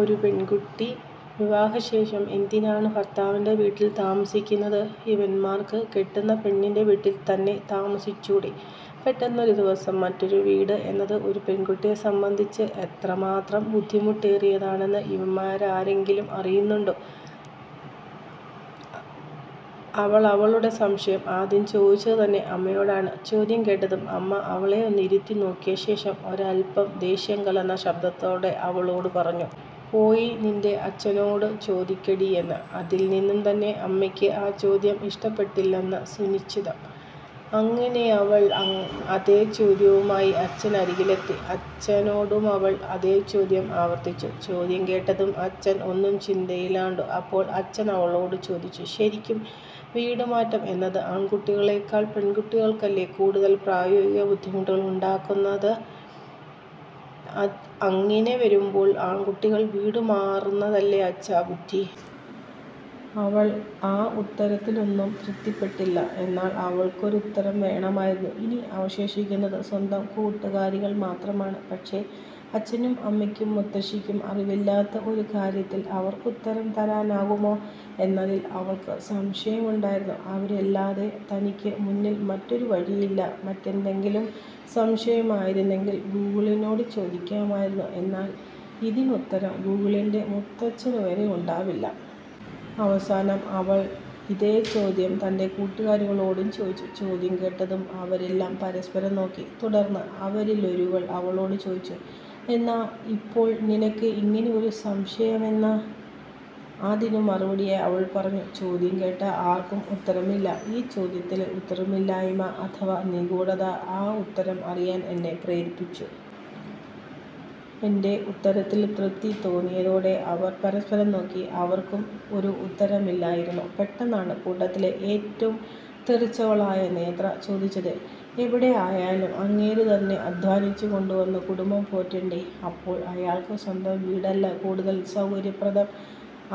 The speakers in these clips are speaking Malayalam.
ഒരു പെൺക്കുട്ടി, വിവാഹശേഷം എന്തിനാണ് ഭർത്താവിന്റെ വീട്ടിൽ താമസിക്കുന്നത്….??? ഇവന്മാർക്ക് കെട്ടുന്ന പെണ്ണിന്റെ വീട്ടിൽ തന്നെ താമസ്സിച്ചൂടെ…??? പെട്ടന്നൊരു ദിവസം മറ്റൊരു വീട് എന്നത് ഒരു പെൺക്കുട്ടിയേ സംബന്ധിച്ച് എത്രമാത്രം ബുദ്ധിമുട്ടെറിയതാണെന്ന് ഇവരാരെങ്കിലും അറിയുന്നുണ്ടോ…??? അവളവളുടെ സംശയം ആദ്യം ചോദിച്ചതു തന്നെ അമ്മയോടാണ്…, ചോദ്യം കേട്ടതും അമ്മ അവളെയൊന്ന് ഇരുത്തി നോക്കിയശേഷം ഒരൽപ്പം ദേഷ്യം കലർന്ന ശബ്ദത്തോടെ അവളോട് പറഞ്ഞു.., പോയി നിന്റെ അച്ഛനോടു ചോദിക്കടിയെന്ന്….! അതിൽ നിന്നു തന്നെ അമ്മക്ക് ആ ചോദ്യം ഇഷ്ടപ്പെട്ടിട്ടില്ലെന്ന് സുനിശ്ചയം…! അങ്ങിനെയവൾ അതെ ചോദ്യവുമായി അച്ഛനരുകിലെത്തി…, അച്ഛനോടുമവൾ അതെ ചോദ്യം ആവർത്തിച്ചു…, ചോദ്യം കേട്ടതും അച്ഛനും ഒന്നു ചിന്തയിലാണ്ടൂ…., അപ്പോൾ അവളച്ഛനോടു ചോദിച്ചു…., ശരിക്കും വീടുമാറ്റം എന്നത് ആൺക്കുട്ടികളേക്കാൾ പെൺക്കുട്ടികൾക്കല്ലെ കൂടുതൽ പ്രായോഗിക ബുദ്ധിമുട്ടുകൾ ഉണ്ടാക്കുന്നത് അങ്ങിനെ വരുമ്പോൾ ആൺക്കുട്ടികൾ വീടുമാറുന്നതല്ലെ അച്ഛാ ബുദ്ധി…??? അവൾ ആ ഉത്തരത്തിലൊന്നും തൃപ്തിപ്പെട്ടില്ല…, എന്നാൽ അവൾക്കൊരുത്തരം വേണമായിരുന്നു…, ഇനി അവശേഷിക്കുന്നത് സ്വന്തം കൂട്ടുക്കാരികൾ മാത്രമാണ് പക്ഷെ അച്ഛനും അമ്മക്കും മുത്തശ്ശിക്കും അറിവില്ലാത്ത ഒരു കാര്യത്തിൽ അവർക്കുത്തരം തരാനാവുമോ എന്നതിൽ അവൾക്ക് സംശയമുണ്ടായിരുന്നു…! അവരല്ലാതെ തനിക്കു മുന്നിൽ മറ്റൊരു വഴിയില്ല മറ്റെന്തെങ്കിലും സംശയമായിരുന്നെങ്കിൽ ഗൂഗിളിനോടു ചോദിക്കായിരുന്നു എന്നാൽ ഇതിനുത്തരം ഗൂഗിളിന്റെ മുത്തച്ഛനു വരെ ഉണ്ടാവില്ല…! അവസാനം അവൾ ഇതെ ചോദ്യം തന്റെ കൂട്ടുക്കാരികളോടും ചോദിച്ചു…!! ചോദ്യം കേട്ടതും അവരെല്ലാം പരസ്പരം നോക്കി തുടർന്ന് അവരിലൊരുവൾ അവളോടു ചോദിച്ചു.., എന്നാ ഇപ്പോൾ നിനക്ക് ഇങ്ങനെ ഒരു സംശയമെന്ന്..??? അതിനു മറുപടിയായി അവൾ പറഞ്ഞു ചോദ്യം കേട്ട ആർക്കും ഉത്തരമില്ല…, ഈ ചോദ്യത്തിലെ ഉത്തരമില്ലായ്മ അഥവ നിഗൂഢത ആ ഉത്തരം അറിയാൻ എന്നെ പ്രേരിപ്പിച്ചു…..! എന്റെ ഉത്തരത്തിൽ തൃപ്തി തോന്നിയതോടെ അവർ പരസ്പരം നോക്കി അവർക്കും ഒരു ഉത്തരമില്ലായിരുന്നു….! പെട്ടന്നാണ് കൂട്ടത്തിലെ ഏറ്റവും തെറിച്ചവളായ നേത്ര ചോദിച്ചത്…! എവിടെ ആയാലും അങ്ങേരു തന്നെ അദ്ധ്വാനിച്ചു കൊണ്ടു വന്നു കുടുംബം പോറ്റണ്ടേ…??? അപ്പോൾ അയാൾക്ക് സ്വന്തം വീടല്ലെ കൂടുതൽ സൗകര്യപ്രദം….???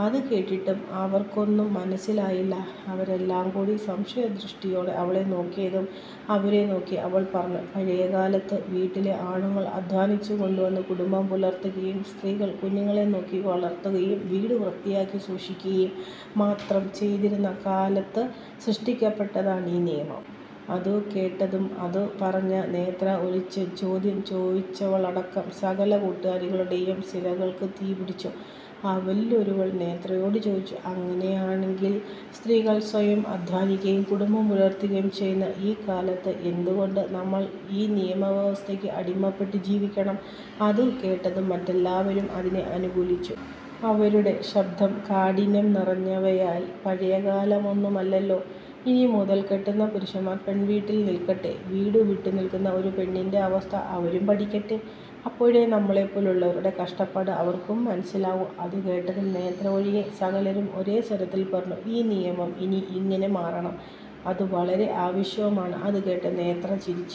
അതു കേട്ടിട്ടും അവർക്കൊന്നും മനസിലായില്ല അവരെല്ലാം കൂടി സംശയദൃഷ്ടിയോടെ അവളെ നോക്കിയതും അവരെ നോക്കി അവൾ പറഞ്ഞു…, പഴയക്കാലത്ത്…, വീട്ടിലെ ആണുങ്ങൾ അദ്ധ്വാനിച്ചു കൊണ്ടുവന്നു കുടുംബം പുലർത്തുകയും…, സ്ത്രീകൾ കുഞ്ഞുങ്ങളെ നോക്കി വളർത്തുകയും വീട് വ്യത്തിയായി സൂക്ഷിക്കുകയും മാത്രം ചെയ്തിരുന്ന കാലത്ത് സൃഷ്ടിക്കപ്പെട്ടതാണീ നിയമം…!! അതു കേട്ടതും അതു പറഞ്ഞ നേത്ര ഒഴിച്ച് ചോദ്യം ചോദിച്ചവളടക്കം സകല കൂട്ടുക്കാരികളുടെയും സിരകൾക്ക് തീപിടിച്ചു…, അവരിലൊരുവൾ നേത്രയോടു ചോദിച്ചു അങ്ങിനെയെങ്കിൽ സ്ത്രീകൾ സ്വയം അദ്ധ്വാനിക്കുകയും കുടുംബം പുലർത്തുകയും ചെയ്യുന്ന ഈ കാലത്ത് എന്തു കൊണ്ട് നമ്മൾ ഈ നിയമവ്യവസ്ഥക്ക് അടിമപ്പെട്ട് ജീവിക്കണം…??? അതു കേട്ടതും മറ്റെല്ലാവരും അതിനെ അനുകൂലിച്ചു…., അവരുടെ ശബ്ദം കാഠിന്യം നിറഞ്ഞവയായി…, പഴയക്കാലമൊന്നുമല്ലല്ലൊ…? ഇനി മുതൽ കെട്ടുന്ന പുരുഷൻ പെൺവീട്ടിൽ നിൽക്കട്ടെ വീടു വിട്ടു നിൽക്കുന്ന ഒരു പെണ്ണിന്റെ അവസ്ഥ അവരും പഠിക്കട്ടെ, അപ്പോഴെ നമ്മളെ പോലുള്ളവരുടെ കഷ്ടപ്പാട് അവർക്കും മനസിലാവൂ…! അതു കേട്ടതും നേത്ര ഒഴികെ സകലരും ഒരെ സ്വരത്തിൽ പറഞ്ഞു…, ഈ നിയമം ഇനി ഇങ്ങനെ മാറണം…!! അതു വളരെ ആവശ്യവുമാണ്….! അതു കേട്ട് നേത്ര ചിരിച്ചു